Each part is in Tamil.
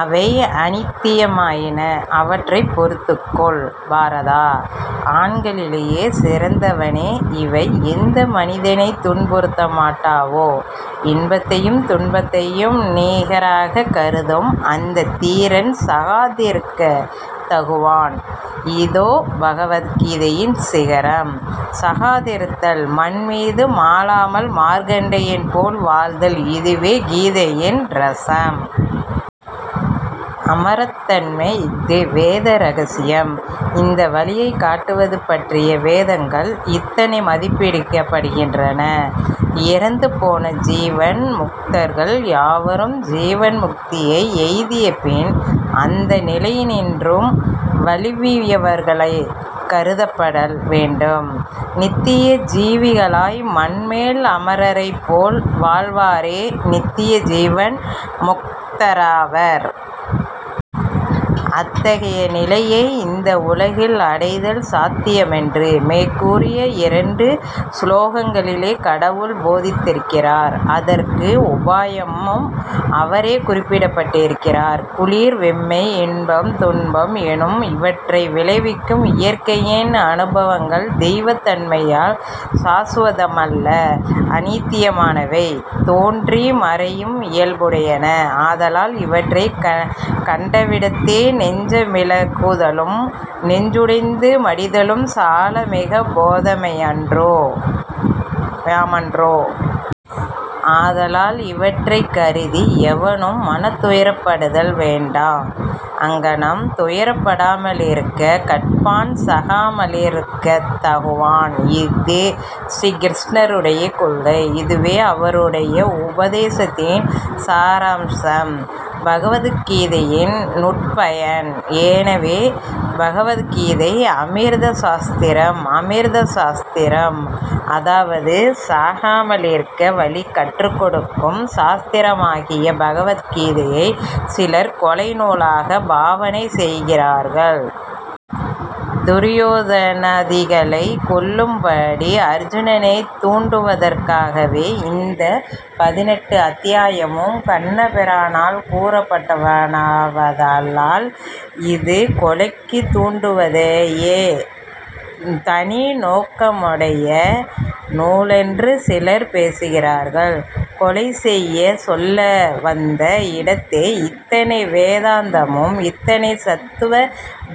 அவை அநித்தியமாயின. அவற்றைப் பொறுத்துக் கொள், பாரதா! ஆண்களிலேயே சிறந்தவனே, இவை எந்த மனிதனைத் துன்புறுத்தமாட்டாவோ, இன்பத்தையும் துன்பத்தையும் நிகராகக் கருதும் அந்தத் தீரன் சாகாதிருக்கத் தகுவான். இஃதே பகவத் கீதையின் சிகரம். சாகாதிருத்தல், மண் மீது மாளாமல் மார்க்கண்டேயன் போல் வாழ்தல், இதுவே கீதையின் ரசம். அமரத்தன்மை. இஃதே வேத ரகசியம். இந்த வழியைக் காட்டுவது பற்றியே வேதங்கள் இத்தனை மதிக்கப்படுகின்றன. இறந்து போன ஜீவன் முக்தர்கள் யாவரும் ஜீவன் முக்தியை எய்திய பின் அந்த நிலையினின்றும் வழுவியவர்களாகவே கருதப்படல் வேண்டும். நித்திய ஜீவிகளாய் மண்மேல் அமரரைப் போல் வாழ்வாரே நித்திய ஜீவன் முக்தராவர். அத்தகைய நிலையை இந்த உலகில் அடைதல் சாத்தியமென்று மேற்கூறிய இரண்டு சுலோகங்களிலே கடவுள் போதித்திருக்கிறார். அதற்கு உபாயமும் அவரே குறிப்பிட்டிருக்கிறார். குளிர் வெம்மை, இன்பம் துன்பம் எனும் இவற்றை விளைக்கும் இயற்கையின் அனுபவங்கள், தெய்வ தன்மையால் சாசுவதமல்ல. அநித்தியமானவை. தோன்றி மறையும் இயல்புடையன. ஆதலால் இவற்றைக் கண்டவிடத்தே நெஞ்சமிளகுதலும் நெஞ்சுடைந்து மடிதலும் சால மிகப் பேதமையாமன்றோ? ஆதலால் இவற்றைக் கருதி எவனும் மனத்துயரப்படுதல் வேண்டா. அங்ஙனம் துயரப்படாமலிருக்கக் கற்பான் சாகாமலிருக்கத் தகுவான். இஃது ஸ்ரீ கிருஷ்ணனுடைய கொள்கை. இதுவே அவருடைய உபதேசத்தின் சாராம்சம். பகவத் கீதையின் நூற்பயன். எனவே பகவத் கீதை அமிர்த சாஸ்திரம். அமிர்த சாஸ்திரம், அதாவது சாகாமலிருக்க வழி கற்றுக் கொடுக்கும் சாஸ்திரமாகிய பகவத் கீதையைச் சிலர் கொலை நூலாகப் பாவனை செய்கிறார்கள். துரியோதனாதிகளைக் கொல்லும்படி அர்ஜுனனைத் தூண்டுவதற்காகவே, இந்தப் பதினெட்டு அத்தியாயமும் கண்ணபிரானால் கூறப்பட்டனவாதலால், இது கொலைக்குத் தூண்டுவதையே தனி நோக்கமாகவுடைய நூலென்று சிலர் பேசுகிறார்கள். கொலை செய்யச் சொல்ல வந்த இடத்தே, இத்தனை வேதாந்தமும், இத்தனை சத்வ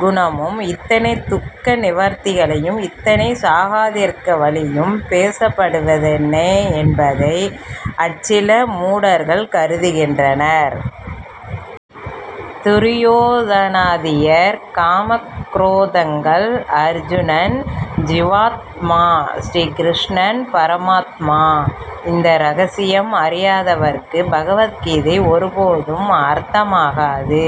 குணமும், இத்தனை துக்க நிவர்த்தியும், இத்தனை சாகாதிருக்க வழியும் பேசப்படுவதென்னே என்பதை அச்சில மூடர்கள் கருதுகின்றனர். துரியோதனாதியர் காமக் குரோதங்கள். அர்ஜுனன் ஜீவாத்மா. ஸ்ரீ கிருஷ்ணன் பரமாத்மா. இந்த ரகசியம் அறியாதவருக்குப் பகவத் கீதை ஒருபோதும் அர்த்தமாகாது.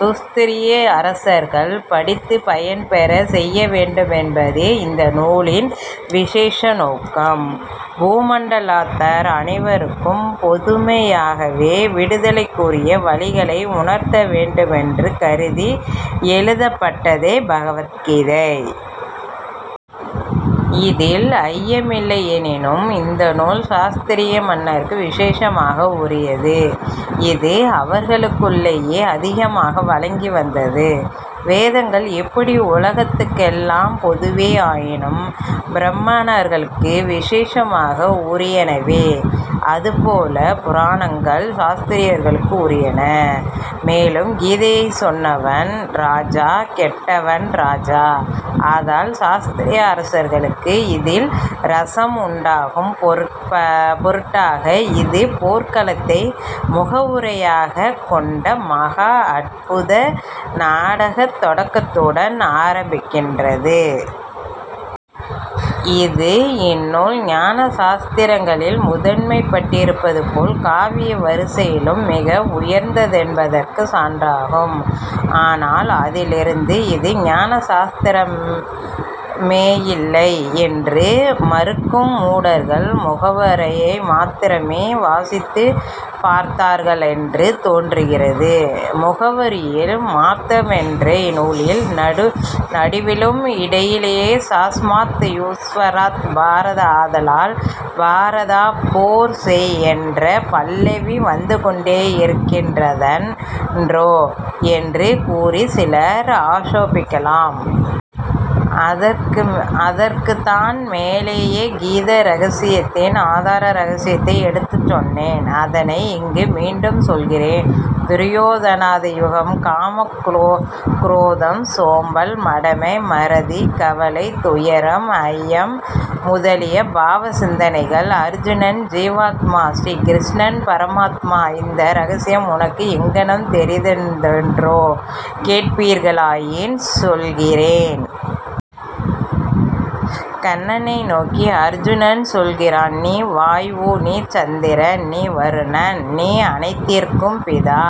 க்ஷத்திரிய அரசர்கள் படித்துப் பயன்பெறச் செய்ய வேண்டுமென்பதே இந்த நூலின் விசேஷ நோக்கம். பூமண்டலத்தார் அனைவருக்கும் பொதுமையாகவே விடுதலைக்குரிய வழிகளை உணர்த்த வேண்டுமென்று கருதி எழுதப்பட்டதே பகவத் கீதை. இதில் ஐயமில்லை. எனினும், இந்த நூல் க்ஷத்திரிய மன்னருக்கு விசேஷமாக உரியது. இது அவர்களுக்குள்ளேயே அதிகமாக வழங்கி வந்தது. வேதங்கள் எப்படி உலகத்துக்கெல்லாம் பொதுவே ஆயினும் பிராமணர்களுக்கு விசேஷமாக உரியனவோ, அதுபோலே புராணங்கள் க்ஷத்திரியர்களுக்கு உரியன. மேலும் கீதையைச் சொன்னவன் ராஜா, கேட்டவன் ராஜா. ஆதலால் க்ஷத்திரிய அரசருக்கு இதில் ரசம் உண்டாகும் பொருட்டாக இது போர்க்களத்தை முகவுரையாகக் கொண்ட மகா அற்புத நாடகத் தொடக்கத்துடன் ஆரம்பிக்கிறது. இஃது, இந்நூல் ஞான சாஸ்திரங்களில் முதன்மைப் பட்டிருப்பதுபோல், காவிய வரிசையிலும் மிக உயர்ந்ததென்பதற்குச் சான்றாகும். ஆனால், அதிலிருந்து இது ஞான சாஸ்திரமேயில்லை என்று மறுக்கும் மூடர்கள், முகவுரையை மாத்திரமே வாசித்துப் பார்த்தார்களென்று தோன்றுகிறது. முகவுரையில் மாத்திரமன்றே? நூலில், நடுவிலும் இடையிடையே, தஸ்மாத் யுத்யஸ்வ பாரத, ஆதலால், பாரதா, போர் செய் என்ற பல்லவி வந்துகொண்டேயிருக்கின்றதன்றோ என்று கூறிச் சிலர் ஆக்ஷேபிக்கலாம். அதற்குத்தான் மேலேயே கீதா ரகசியத்தின் ஆதார ரகசியத்தை எடுத்துச் சொன்னேன். அதனை, இங்கு மீண்டும் சொல்லுகிறேன். துரியோதனாதிகள் காமம், குரோதம், சோம்பல், மடமை, மறதி, கவலை, துயரம், ஐயம் முதலிய பாவ சிந்தனைகள். அர்ஜுனன் ஜீவாத்மா. ஸ்ரீ கிருஷ்ணன் பரமாத்மா. இந்த ரகசியம் உனக்கு எங்ஙனம் தெரிந்ததென்று கேட்பீர்களாயின், சொல்கிறேன். கண்ணனை நோக்கி அர்ஜுனன் சொல்லுகிறான், நீ வாயு, நீ சந்திரன், நீ வருணன், நீ அனைத்திற்கும் பிதா,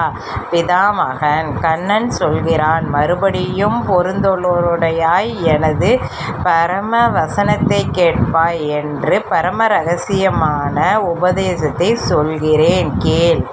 பிதாமகன். கண்ணன் சொல்லுகிறான், மறுபடியும், பெருந்தோளுடையாய், எனது பரம வசனத்தைக் கேட்பாய். என் பரம ரகசியமான உபதேசத்தைச் சொல்கிறேன், கேள்.